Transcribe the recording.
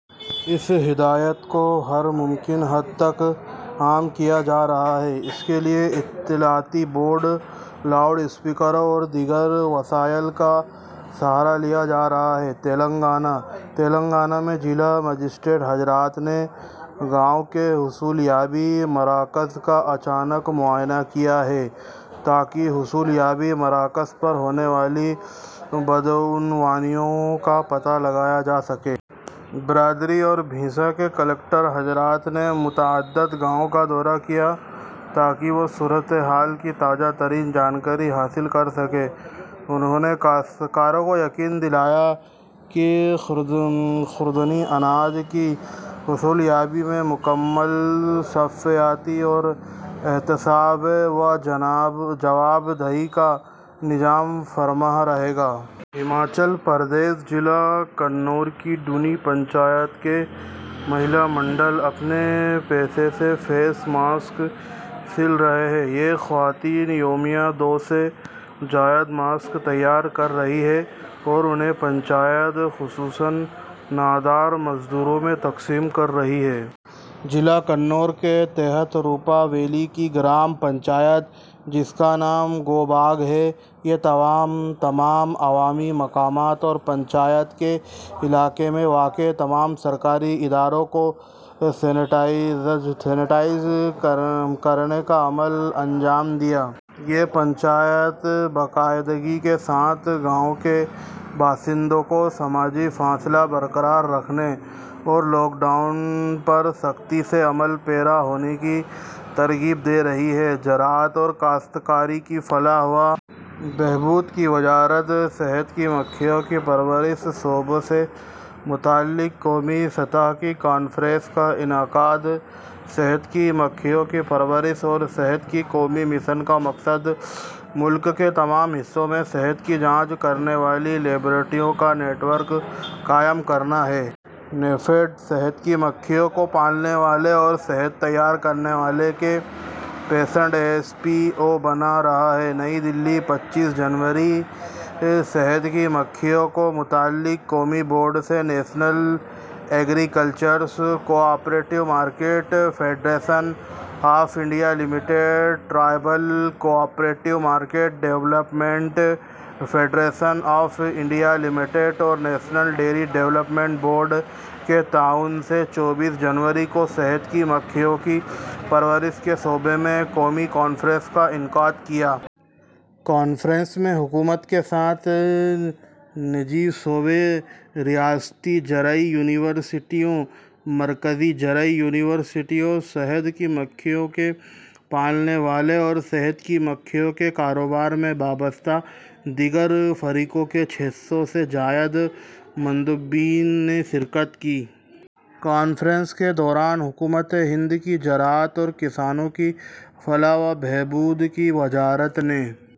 اس ہدایت کو ہر ممکن حد تک عام کیا جا رہا ہے۔ اس کے لیے اطلاعاتی بورڈ، لاؤڈ اسپیکروں اور دیگر وسائل کا سہارا لیا جا رہا ہے۔ تلنگانہ: تلنگانہ میں ضلع مجسٹریٹ حضرات نے گاؤں کے حصولیابی مراکز کا اچانک معائنہ کیا ہے، تاکہ حصولیابی مراکز پر ہونے والی بدعنوانیوں کا پتہ لگایا جا سکے۔ یداری اور بھینسا کے کلکٹر حضرات نے متعدد گاؤں کا دورہ کیا ہے، تاکہ وہ صورتحال کی تازہ ترین جانکاری حاصل کر سکیں۔ انہوں نے کاشتکاروں کو یقین دلایا ہے کہ خوردنی اناج کی حصولیابی میں مکمل شفافیت اور احتساب و جواب دہی کا نظام کارفرما رہے گا۔ ہماچل پردیش: ضلع کنّور کی دُونی پنچایت کے مہیلا منڈل اپنے پیسے سے فیس ماسک سل رہے ہیں۔ یہ خواتین یومیہ دو سو سے زائد ماسک تیار کر رہی ہیں اور انہیں پنچایت، خصوصاً نادار مزدوروں میں تقسیم کر رہی ہیں۔ ضلع کنّور کے تحت روپا ویلی کی گرام پنچایت، جس کا نام گوبانگ ہے، نے تمام عوامی مقامات اور پنچایت کے علاقے میں واقع تمام سرکاری اداروں کو سینیٹائز کرنے کا عمل انجام دیا ہے۔ یہ پنچایت باقاعدگی کے ساتھ گاؤں کے باشندوں کو سماجی فاصلہ برقرار رکھنے اور لاک ڈاؤن پر سختی سے عمل پیرا ہونے کی ترغیب دے رہی ہے۔ زراعت اور کاشتکاروں کی فلاح و بہبود کی وزارت شہد کی مکھیوں کی پرورش کے شعبے سے متعلق قومی سطح کی کانفرنس کا انعقاد شہد کی مکھیوں کی پرورش اور شہد کے قومی مشن کا مقصد ملک کے تمام حصوں میں شہد کی جانچ کرنے والی لیبارٹریوں کا نیٹ ورک قائم کرنا ہے۔ نیفیڈ شہد کی مکھیوں کے پالنے والوں اور شہد تیار کرنے والوں کے پینسٹھ ایف پی او بنا رہا ہے۔ نئی دہلی، پچیس جنوری: شہد کی مکھیوں سے متعلق قومی بورڈ نے national agricultural cooperative marketing federation of India limited, tribal cooperative marketing development federation of India limited اور نیشنل ڈیری ڈیولپمنٹ بورڈ کے تعاون سے چوبیس جنوری کو شہد کی مکھیوں کی پرورش کے شعبے میں قومی کانفرنس کا انعقاد کیا۔ کانفرنس میں حکومت کے ساتھ ساتھ نجی شعبے، ریاستی زرعی یونیورسٹیوں، مرکزی زرعی یونیورسٹیوں، شہد کی مکھیوں کے پالنے والوں اور شہد کی مکھیوں کے کاروبار سے وابستہ دیگر فریقوں کے چھ سو سے زائد مندوبین نے شرکت کی۔ کانفرنس کے دوران حکومتِ ہند کی زراعت اور کسانوں کی فلاح و بہبود کی وزارت نے